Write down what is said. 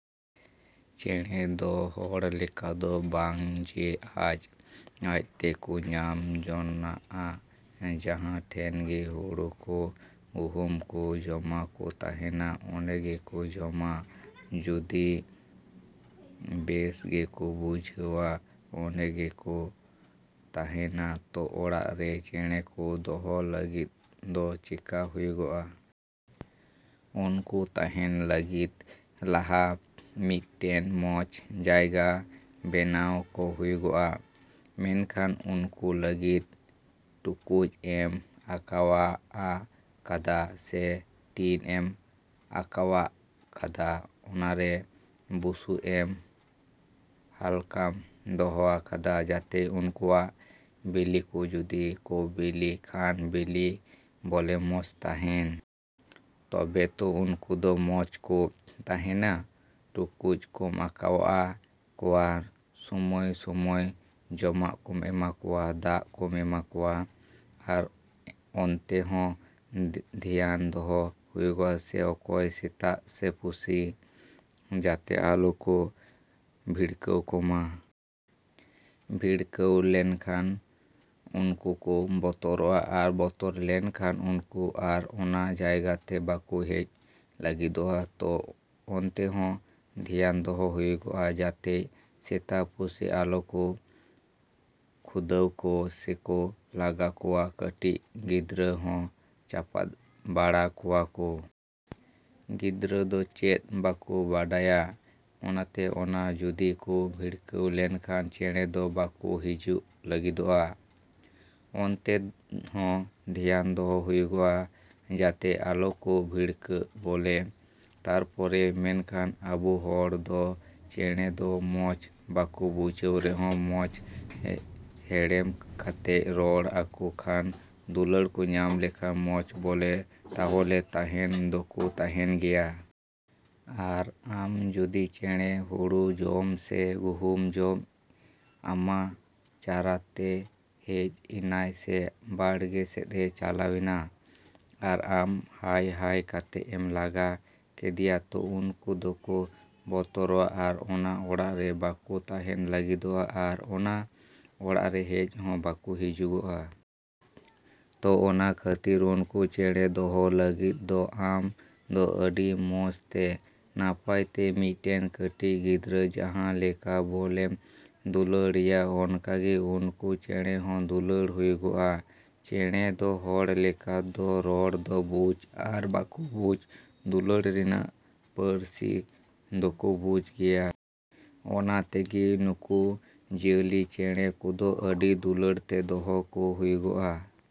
ᱪᱮᱸᱬᱮ ᱫᱚ ᱦᱚᱲ ᱞᱮᱠᱟ ᱫᱚ ᱵᱟᱝ ᱡᱮ ᱟᱡᱼᱟᱡ ᱛᱮᱠᱚ ᱧᱟᱢ ᱡᱚᱱᱟᱜᱼᱟ᱾ ᱡᱟᱦᱟᱸ ᱴᱷᱮᱱ ᱜᱮ ᱦᱩᱲᱩ ᱠᱚ, ᱜᱩᱦᱩᱢ ᱠᱚ, ᱡᱚᱢᱟᱜ ᱠᱚ ᱛᱟᱦᱮᱱᱟ, ᱚᱸᱰᱮ ᱜᱮᱠᱚ ᱡᱚᱢᱟ᱾ ᱡᱩᱫᱤ ᱵᱮᱥ ᱜᱮᱠᱚ ᱵᱩᱡᱷᱟᱹᱣᱟ, ᱚᱸᱰᱮ ᱜᱮᱠᱚ ᱛᱟᱦᱮᱱᱟ᱾ ᱛᱚ ᱚᱲᱟᱜ ᱨᱮ ᱪᱮᱸᱬᱮ ᱠᱚ ᱫᱚᱦᱚ ᱞᱟᱹᱜᱤᱫ ᱫᱚ ᱪᱮᱠᱟ ᱦᱩᱭᱩᱜᱼᱟ? ᱩᱱᱠᱩ ᱛᱟᱦᱮᱸ ᱞᱟᱹᱜᱤᱫ ᱞᱟᱦᱟ ᱢᱤᱫᱴᱮᱱ ᱢᱚᱡᱽ ᱡᱟᱭᱜᱟ ᱵᱮᱱᱟᱣ ᱠᱚ ᱦᱩᱭᱩᱜᱼᱟ᱾ ᱢᱮᱱᱠᱷᱟᱱ ᱩᱱᱠᱩ ᱞᱟᱹᱜᱤᱫ ᱴᱩᱠᱩᱡ ᱮᱢ ᱟᱠᱟᱣᱟᱜ ᱠᱟᱫᱟ ᱥᱮ ᱴᱤᱱ ᱮᱢ ᱟᱠᱟᱣᱟᱜ ᱠᱟᱫᱟ, ᱚᱱᱟᱨᱮ ᱵᱩᱥᱩᱵ ᱮᱢ ᱦᱟᱞᱠᱟᱢ ᱫᱚᱦᱚ ᱟᱠᱟᱫᱟ ᱡᱟᱛᱮ ᱩᱱᱠᱩᱣᱟᱜ ᱵᱤᱞᱤ ᱠᱚ ᱡᱩᱫᱤ ᱠᱚ ᱵᱤᱞᱤ ᱠᱷᱟᱱ ᱵᱤᱞᱤ ᱵᱚᱞᱮ ᱢᱚᱡᱽ ᱛᱟᱦᱮᱱ᱾ ᱛᱚᱵᱮ ᱛᱚ ᱩᱱᱠᱩ ᱫᱚ ᱢᱚᱡᱽ ᱠᱚ ᱛᱟᱦᱮᱱᱟ᱾ ᱴᱩᱠᱩᱡ ᱠᱚᱢ ᱟᱠᱟᱣᱟᱜ ᱠᱚᱣᱟ, ᱥᱚᱢᱚᱭᱼᱥᱚᱢᱚᱭ ᱡᱚᱢᱟᱜ ᱠᱚᱢ ᱮᱢᱟᱜ ᱠᱚᱣᱟ, ᱫᱟᱜ ᱠᱚᱢ ᱮᱢᱟᱜ ᱠᱚᱣᱟ ᱟᱨ ᱚᱱᱛᱮ ᱦᱚᱸ ᱫᱷᱮᱭᱟᱱ ᱫᱚᱦᱚ ᱦᱩᱭᱩᱜᱼᱟ ᱥᱮ ᱚᱠᱚᱭ ᱥᱮᱛᱟ ᱥᱮ ᱯᱩᱥᱤ ᱡᱟᱛᱮ ᱟᱞᱚ ᱠᱚ ᱵᱷᱤᱲᱠᱟᱹᱣ ᱠᱚᱣᱟ᱾ ᱵᱷᱤᱲᱠᱟᱹᱣ ᱞᱮᱱᱠᱷᱟᱱ ᱩᱱᱠᱩ ᱠᱚ ᱵᱚᱛᱚᱨᱚᱜᱼᱟ ᱟᱨ ᱵᱚᱛᱚᱨ ᱞᱮᱱᱠᱷᱟᱱ ᱩᱱᱠᱩ ᱟᱨ ᱚᱱᱟ ᱡᱟᱭᱜᱟ ᱛᱮ ᱵᱟᱠᱚ ᱦᱮᱡ ᱞᱟᱹᱜᱤᱫᱚᱜᱼᱟ᱾ ᱛᱚ ᱚᱱᱛᱮ ᱦᱚᱸ ᱫᱷᱮᱭᱟᱱ ᱫᱚᱦᱚᱭ ᱦᱩᱭᱩᱜᱼᱟ ᱡᱟᱛᱮ ᱥᱮᱛᱟ, ᱯᱩᱥᱤ ᱟᱞᱚ ᱠᱚ ᱠᱷᱩᱫᱟᱹᱣ ᱠᱚ ᱥᱮᱠᱚ ᱞᱟᱜᱟ ᱠᱚᱣᱟ᱾ ᱠᱟᱹᱴᱤᱡ ᱜᱤᱫᱽᱨᱟᱹ ᱦᱚᱸ ᱪᱟᱯᱟᱫ ᱵᱟᱲᱟ ᱠᱚᱣᱟ ᱠᱚ᱾ ᱜᱤᱫᱽᱨᱟᱹ ᱫᱚ ᱪᱮᱫ ᱵᱟᱠᱚ ᱵᱟᱰᱟᱭᱟ᱾ ᱚᱱᱟᱛᱮ ᱚᱱᱟ ᱡᱩᱫᱤ ᱠᱚ ᱵᱷᱤᱲᱠᱟᱹᱣ ᱞᱮᱱᱠᱷᱟᱱ ᱪᱮᱸᱬᱮ ᱫᱚ ᱵᱟᱠᱚ ᱦᱤᱡᱩᱜ ᱞᱟᱹᱜᱤᱫᱚᱜᱼᱟ᱾ ᱚᱱᱛᱮ ᱦᱚᱸ ᱫᱷᱮᱭᱟᱱ ᱫᱚᱦᱚᱭ ᱦᱩᱭᱩᱜᱼᱟ ᱡᱟᱛᱮ ᱟᱞᱚ ᱠᱚ ᱵᱷᱤᱲᱠᱟᱹᱜ ᱵᱚᱞᱮ᱾ ᱛᱟᱨᱯᱚᱨᱮ ᱢᱮᱱᱠᱷᱟᱱ ᱟᱵᱚ ᱦᱚᱲ ᱫᱚ ᱪᱮᱸᱬᱮ ᱫᱚ ᱵᱩᱡᱽ ᱵᱟᱠᱚ ᱵᱩᱡᱽ ᱨᱮᱦᱚᱸ ᱢᱚᱡᱽ ᱦᱮᱲᱮᱢ ᱠᱟᱛᱮᱜ ᱨᱚᱲ ᱟᱠᱚ ᱠᱷᱟᱱ, ᱫᱩᱞᱟᱹᱲ ᱠᱚ ᱧᱟᱢ ᱠᱷᱟᱱ ᱢᱚᱡᱽ ᱵᱚᱞᱮ ᱛᱟᱦᱞᱮ ᱛᱟᱦᱮᱱ ᱫᱚᱠᱚ ᱛᱟᱦᱮᱱ ᱜᱮᱭᱟ᱾ ᱟᱨ ᱟᱢ ᱡᱩᱫᱤ ᱪᱮᱸᱬᱮ ᱦᱩᱲᱩ ᱡᱚᱢ ᱥᱮ ᱜᱩᱦᱩᱢ ᱡᱚᱢ ᱟᱢᱟᱜ ᱨᱟᱪᱟ ᱛᱮ ᱦᱮᱡ ᱮᱱᱟᱭ ᱥᱮ ᱵᱟᱲᱜᱮ ᱥᱮᱫᱼᱮ ᱪᱟᱞᱟᱣᱮᱱᱟ ᱟᱨ ᱟᱢ ᱦᱟᱹᱭᱼᱦᱟᱹᱭ ᱠᱟᱛᱮᱫ ᱮᱢ ᱞᱟᱜᱟ ᱠᱮᱫᱮᱭᱟ, ᱛᱚ ᱩᱱᱠᱩ ᱫᱚᱠᱚ ᱵᱚᱛᱚᱨᱚᱜᱼᱟ ᱟᱨ ᱚᱱᱟ ᱚᱲᱟᱜ ᱨᱮ ᱵᱟᱠᱚ ᱛᱟᱦᱮᱸ ᱞᱟᱹᱜᱤᱫᱚᱜᱼᱟ ᱟᱨ ᱚᱱᱟ ᱚᱲᱟᱜ ᱨᱮ ᱦᱮᱡ ᱦᱚᱸ ᱵᱟᱠᱚ ᱦᱤᱡᱩᱜᱼᱟ᱾ ᱛᱚ ᱚᱱᱟ ᱠᱷᱟᱹᱛᱤᱨ ᱩᱱᱠᱩ ᱪᱮᱸᱬᱮ ᱫᱚᱦᱚ ᱞᱟᱹᱜᱤᱫ ᱫᱚ ᱟᱢ ᱫᱚ ᱟᱹᱰᱤ ᱢᱚᱡᱽ ᱛᱮ, ᱱᱟᱯᱟᱭ ᱛᱮ ᱢᱤᱫᱴᱮᱱ ᱠᱟᱹᱴᱤᱡ ᱜᱤᱫᱽᱨᱟᱹ ᱡᱟᱦᱟᱸ ᱞᱮᱠᱟ ᱵᱚᱞᱮᱢ ᱫᱩᱞᱟᱹᱲ ᱮᱭᱟ ᱚᱱᱠᱟ ᱜᱮ ᱩᱱᱠᱩ ᱪᱮᱸᱬᱮ ᱦᱚᱸ ᱫᱩᱞᱟᱹᱲ ᱦᱩᱭᱩᱜᱼᱟ᱾ ᱪᱮᱸᱬᱮ ᱫᱚ ᱦᱚᱲ ᱞᱮᱠᱟ ᱫᱚ ᱨᱚᱲ ᱫᱚ ᱵᱩᱡᱽ ᱟᱨ ᱵᱟᱠᱚ ᱵᱩᱡᱽ, ᱫᱩᱞᱟᱹᱲ ᱨᱮᱱᱟᱜ ᱯᱟᱹᱨᱥᱤ ᱫᱚᱠᱚ ᱵᱩᱡᱽ ᱜᱮᱭᱟ᱾ ᱚᱱᱟ ᱛᱮᱜᱮ ᱱᱩᱠᱩ ᱡᱤᱭᱟᱹᱞᱤ ᱪᱮᱸᱬᱮ ᱠᱚᱫᱚ ᱟᱹᱰᱤ ᱫᱩᱞᱟᱹᱲ ᱛᱮ ᱫᱚᱦᱚ ᱠᱚ ᱦᱩᱭᱩᱜᱼᱟ᱾।